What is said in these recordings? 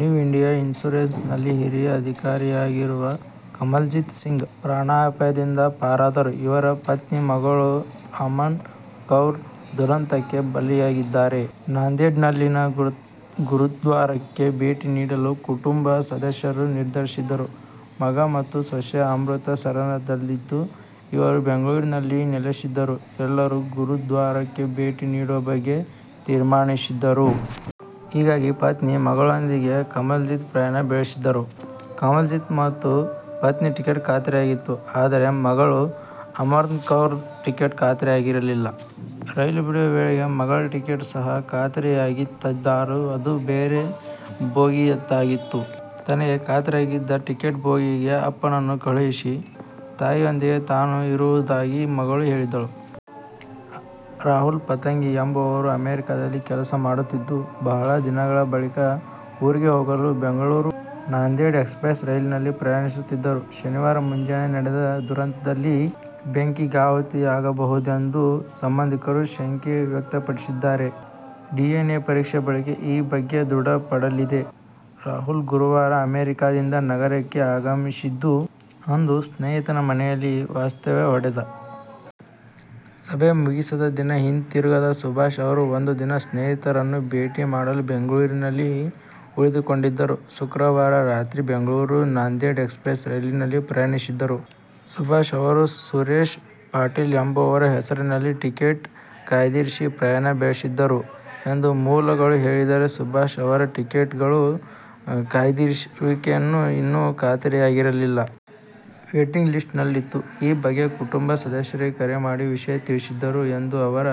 New India ಇನ್ಸೂರೆನ್ಸ್ನಲ್ಲಿ ಹಿರಿಯ ಅಧಿಕಾರಿಯಾಗಿರುವ ಕಮಲ್ಜಿತ್ ಸಿಂಗ್ ಪ್ರಾಣಾಪಾಯದಿಂದ ಪಾರಾದವರು. ಇವರ ಪತ್ನಿ, ಮಗಳು ಅಮನ್ ಕೌರ್ ದುರಂತಕ್ಕೆ ಬಲಿಯಾಗಿದ್ದಾರೆ. ನಾಂದೇಡ್ನಲ್ಲಿನ ಗುರುದ್ವಾರಕ್ಕೆ ಭೇಟಿ ನೀಡಲು ಕುಟುಂಬ ಸದಸ್ಯರು ನಿರ್ಧರಿಸಿದ್ದರು. ಮಗ ಮತ್ತು ಸೊಸೆ ಅಮೃತಸರದಲ್ಲಿದ್ದು, ಇವರು ಬೆಂಗಳೂರಿನಲ್ಲಿ ನೆಲೆಸಿದ್ದರು. ಎಲ್ಲರೂ ಗುರುದ್ವಾರಕ್ಕೆ ಭೇಟಿ ನೀಡುವ ಬಗ್ಗೆ ತೀರ್ಮಾನಿಸಿದ್ದರು. ಹೀಗಾಗಿ ಪತ್ನಿ, ಮಗಳೊಂದಿಗೆ ಕಮಲ್ಜಿತ್ ಪ್ರಯಾಣ ಬೆಳೆಸಿದ್ದರು. ಕಮಲ್ಜಿತ್ ಸಿಂಗ್ ಮತ್ತು ಪತ್ನಿ ಟಿಕೆಟ್ ಖಾತರಿಯಾಗಿತ್ತು. ಆದರೆ, ಮಗಳು ಅಮನ್ ಕೌರ್ ಟಿಕೆಟ್ ಖಾತರಿಯಾಗಿರಲಿಲ್ಲ. ರೈಲು ಬಿಡುವ ವೇಳೆಗೆ ಮಗಳ ಟಿಕೆಟ್ ಸಹ ಖಾತರಿಯಾಗಿತ್ತಾದರೂ ಅದು ಬೇರೆ ಬೋಗಿಯದಾಗಿತ್ತು. ತನಗೆ ಖಾತರಿಯಾಗಿದ್ದ ಟಿಕೆಟ್ನ ಬೋಗಿಗೆ ಅಪ್ಪನನ್ನು ಕಳುಹಿಸಿ ತಾಯಿಯೊಂದಿಗೆ ತಾನು ಇರುವುದಾಗಿ ಮಗಳು ಹೇಳಿದ್ದಳು. ರಾಹುಲ್ ಪತಂಗಿ ಎಂಬುವವರು ಅಮೆರಿಕದಲ್ಲಿ ಕೆಲಸ ಮಾಡುತ್ತಿದ್ದು, ಬಹಳ ದಿನಗಳ ಬಳಿಕ ಊರಿಗೆ ಹೋಗಲು ಬೆಂಗಳೂರು-ನಾಂದೇಡ್ ಎಕ್ಸ್ಪ್ರೆಸ್ ರೈಲಿನಲ್ಲಿ ಪ್ರಯಾಣಿಸಿದ್ದರು. ಶನಿವಾರ ಮುಂಜಾನೆ ನಡೆದ ದುರಂತದಲ್ಲಿ ಬೆಂಕಿಗಾಹುತಿಯಾಗಿರಬಹುದು ಎಂದು ಸಂಬಂಧಿಕರು ಶಂಕೆ ವ್ಯಕ್ತಪಡಿಸಿದ್ದಾರೆ. ಡಿಎನ್ಎ ಪರೀಕ್ಷೆ ಬಳಿಕ ಈ ಬಗ್ಗೆ ದೃಢ ಪಡಲಿದೆ. ರಾಹುಲ್ ಗುರುವಾರ ಅಮೆರಿಕಾದಿಂದ ನಗರಕ್ಕೆ ಆಗಮಿಸಿದ್ದು, ಅಂದು ಸ್ನೇಹಿತನ ಮನೆಯಲ್ಲಿ ವಾಸ್ತವ್ಯ ಹೂಡಿದ್ದ. ಸಭೆ ಮುಗಿಸಿದ ದಿನ ಹಿಂತಿರುಗದ ಸುಭಾಷ್ ಅವರು ಒಂದು ದಿನ ಸ್ನೇಹಿತರನ್ನು ಭೇಟಿ ಮಾಡಲು ಬೆಂಗಳೂರಿನಲ್ಲಿ ಉಳಿದುಕೊಂಡಿದ್ದರು. ಶುಕ್ರವಾರ ರಾತ್ರಿ ಬೆಂಗಳೂರು-ನಾಂದೇಡ್ ಎಕ್ಸ್ಪ್ರೆಸ್ ರೈಲಿನಲ್ಲಿ ಪ್ರಯಾಣಿಸಿದ್ದರು. ಸುಭಾಷ್ ಅವರು ಸುರೇಶ್ ಪಾಟೀಲ್ ಎಂಬುವವರ ಹೆಸರಲ್ಲಿ ಟಿಕೆಟ್ ಕಾಯ್ದಿರಿಸಿ ಪ್ರಯಾಣ ಬೆಳೆಸಿದ್ದರು ಎಂದು ಮೂಲಗಳು ಹೇಳಿದರೆ, ಸುಭಾಷ್ ಅವರ ಟಿಕೆಟ್ ಕಾಯ್ದಿರಿಸುವಿಕೆ ಇನ್ನು ಖಾತರಿಯಾಗಿರಲಿಲ್ಲ. ವೇಟಿಂಗ್ ಲಿಸ್ಟ್ನಲ್ಲಿತ್ತು. ಈ ಬಗ್ಗೆ ಕುಟುಂಬ ಸದಸ್ಯರಿಗೆ ಕರೆ ಮಾಡಿ ವಿಷಯ ತಿಳಿಸಿದ್ದರು ಎಂದು ಅವರ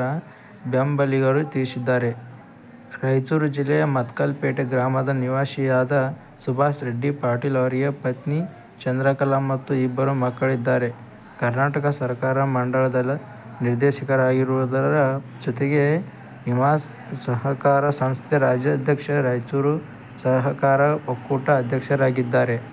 ಬೆಂಬಲಿಗರು ತಿಳಿಸಿದ್ದಾರೆ. ರಾಯಚೂರು ಜಿಲ್ಲೆಯ ಮತ್ಕಲ್ ಪೇಟೆ ಗ್ರಾಮದ ನಿವಾಸಿಯಾದ ಸುಭಾಷ್ ರೆಡ್ಡಿ ಪಾಟೀಲ್ ಅವರಿಗೆ ಪತ್ನಿ ಚಂದ್ರಕಲಾ ಮತ್ತು ಇಬ್ಬರು ಮಕ್ಕಳಿದ್ದಾರೆ. ಕರ್ನಾಟಕ ಸಹಕಾರ ಮಹಾಮಂಡಲದ ನಿರ್ದೇಶಕರಾಗಿರುವುದರ ಜತೆಗೆ ವಿಮಾ ಸಹಕಾರ ಸಂಸ್ಥೆ ರಾಜ್ಯಾಧ್ಯಕ್ಷ, ರಾಯಚೂರು ಸಹಕಾರ ಒಕ್ಕೂಟ ಅಧ್ಯಕ್ಷರಾಗಿದ್ದಾರೆ.